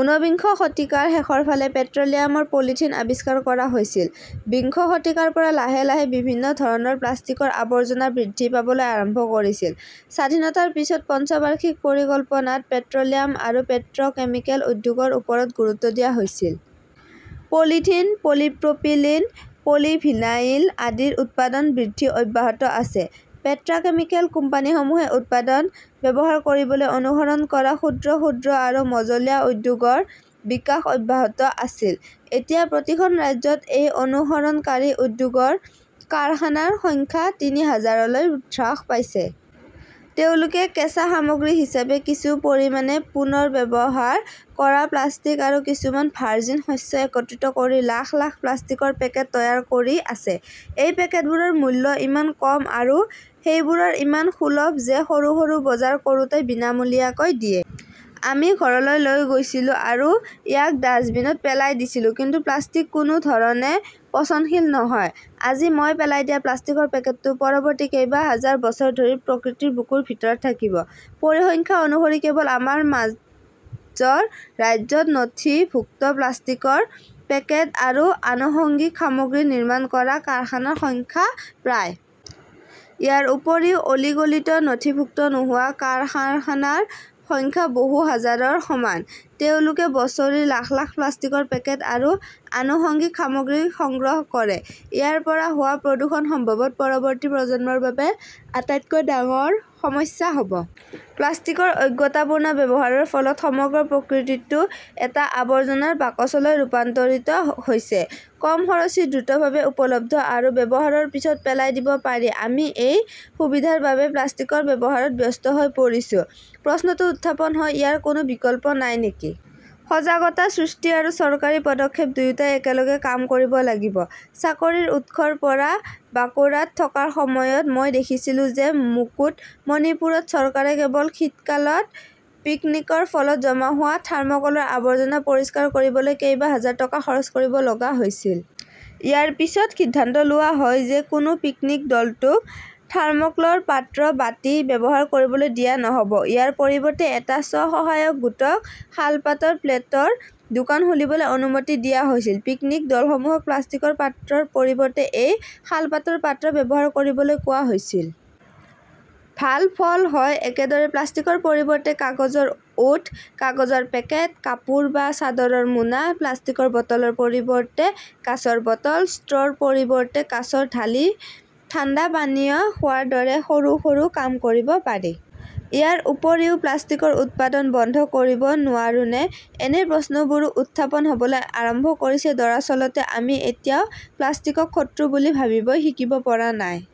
ঊনবিংশ শতিকাৰ শেষৰ ফালে পেট্ৰ'লিয়ামৰ পলিথিন আৱিষ্কাৰ কৰা হৈছিল। বিংশ শতিকাৰ পৰা লাহে - লাহে বিভিন্ন ধৰণৰ প্লাষ্টিকৰ উৎপাদন বৃদ্ধি পাবলৈ আৰম্ভ কৰিছিল। স্বাধীনতাৰ পিছৰ পঞ্চবাৰ্ষিক পৰিকল্পনাত পেট্ৰ'লিয়াম আৰু পেট্ৰ'কেমিকেল উদ্যোগৰ ওপৰত গুৰুত্ব দিয়া হৈছিল। পলিইথিলিন, পলিপ্ৰপিলিন, পলিভিনাইল আদিৰ উৎপাদন বৃদ্ধি অব্যাহত আছে। পেট্ৰাকেমিকেল কোম্পানীসমূহে উৎপাদন ব্যৱহাৰ কৰিবলৈ অনুসৰণ কৰা ক্ষুদ্ৰ-ক্ষুদ্ৰ আৰু মজলীয়া উদ্যোগৰ বিকাশ অব্যাহত আছিল। এতিয়া প্ৰতিখন ৰাজ্যত এই অনুসৰণকাৰী উদ্যোগৰ কাৰখানাৰ সংখ্যা তিনি হাজাৰলৈ হ্ৰাস পাইছে। তেওঁলোকে কেঁচা সামগ্ৰী হিচাপে কিছু পৰিমাণে পুনৰ্ব্যৱহাৰ কৰা প্লাষ্টিক আৰু কিছুমান ভাৰ্জিন শস্য একত্ৰিত কৰি লাখ - লাখ প্লাষ্টিকৰ পেকেট তৈয়াৰ কৰি আছে। এই পেকেটবোৰৰ মূল্য ইমান কম আৰু সেইবোৰ ইমান সুলভ যে সৰু সৰু বজাৰ কৰোঁতাই বিনামূলীয়াকৈ দিয়ে। আমি ঘৰলৈ লৈ গৈছিলো আৰু ইয়াক ডাম্পবিনত পেলাই দিছিলো। কিন্তু প্লাষ্টিক কোনো ধৰণে পচনশীল নহয়। আজি মই পেলাই দিয়া প্লাষ্টিকৰ পেকেটটো পৰৱৰ্তী কেইবাহাজাৰ বছৰ ধৰি প্ৰকৃতিৰ বুকুৰ ভিতৰত থাকিব। পৰিসংখ্যা অনুসৰি, কেৱল আমাৰ ৰাজ্যত নথিভুক্ত প্লাষ্টিকৰ পেকেট আৰু আনুষংগিক সামগ্ৰী নিৰ্মাণ কৰা কাৰখানাৰ সংখ্যা প্ৰায়। ইয়াৰ উপৰিও, অলিগলীত নথিভুক্ত নোহোৱা কাৰখানাৰ সংখ্যা বহু হাজাৰৰ সমান। তেওঁলোকে বছৰি লাখ লাখ প্লাষ্টিকৰ পেকেট আৰু আনুষঙ্গিক সামগ্ৰী সংগ্ৰহ কৰে। ইয়াৰ পৰা হোৱা প্ৰদূষণ সম্ভৱত পৰৱৰ্তী প্ৰজন্মৰ বাবে আটাইতকৈ ডাঙৰ সমস্যা হ'ব। প্লাষ্টিকৰ অজ্ঞতাপূৰ্ণ ব্যৱহাৰৰ ফলত সমগ্ৰ প্ৰকৃতিটো এটা আৱৰ্জনাৰ বাকচলৈ ৰূপান্তৰিত হৈছে। কম খৰচী, দ্ৰুতভাৱে উপলব্ধ আৰু ব্যৱহাৰৰ পিছত পেলাই দিব পাৰি আমি এই সুবিধাৰ বাবে প্লাষ্টিকৰ ব্যৱহাৰত ব্যস্ত হৈ পৰিছো। প্ৰশ্নটো উত্থাপন হয়, ইয়াৰ কোনো বিকল্প নাই নেকি? সজাগতা সৃষ্টি আৰু চৰকাৰী পদক্ষেপ দুয়োটাই একেলগে কাম কৰিব লাগিব। চাকৰিৰ উৎসৰ পৰা বাকুড়াত থকাৰ সময়ত, মই দেখিছিলো যে মুকুটমণিপুৰত চৰকাৰে কেৱল শীতকালৰ পিকনিকৰ ফলত জমা হোৱা থাৰ্মকলৰ আৱৰ্জনা পৰিষ্কাৰ কৰিবলৈ কেইবা হাজাৰ টকা খৰচ কৰিব লগা হৈছিল। ইয়াৰ পিছত সিদ্ধান্ত লোৱা হয় যে কোনো পিকনিক দলটোক থাৰ্মোক্লৰ পাত্ৰ, বাটি ব্যৱহাৰ কৰিবলৈ দিয়া নহ'ব। ইয়াৰ পৰিৱৰ্তে, এটা স্ব-সহায়ক গোটক শালপাতৰ প্লেটৰ দোকান খুলিবলৈ অনুমতি দিয়া হৈছিল। পিকনিক দলসমূহক প্লাষ্টিকৰ পাত্ৰৰ পৰিৱৰ্তে এই শালপাতৰ পাত্ৰ ব্যৱহাৰ কৰিবলৈ কোৱা হৈছিল। ভাল ফল হয়। একেদৰে, প্লাষ্টিকৰ পৰিৱৰ্তে কাগজৰ ওঁঠ, কাগজৰ পেকেট, কাপোৰ বা চাদৰৰ মোনা, প্লাষ্টিকৰ বটলৰ পৰিৱৰ্তে কাঁচৰ বটল, ষ্ট্ৰৰ পৰিৱৰ্তে কাঁচত ঢালি ঠাণ্ডা পানীয় খোৱাৰ দৰে সৰু - সৰু কাম কৰিব পাৰি। ইয়াৰ উপৰিও, আমি প্লাষ্টিকৰ উৎপাদন বন্ধ কৰিব নোৱাৰোনে? এনে প্ৰশ্নবোৰো উত্থাপন হ'বলৈ আৰম্ভ কৰিছে। দৰাচলতে আমি এতিয়াও প্লাষ্টিকক শত্ৰু বুলি ভাবিবলৈ শিকিব পৰা নাই।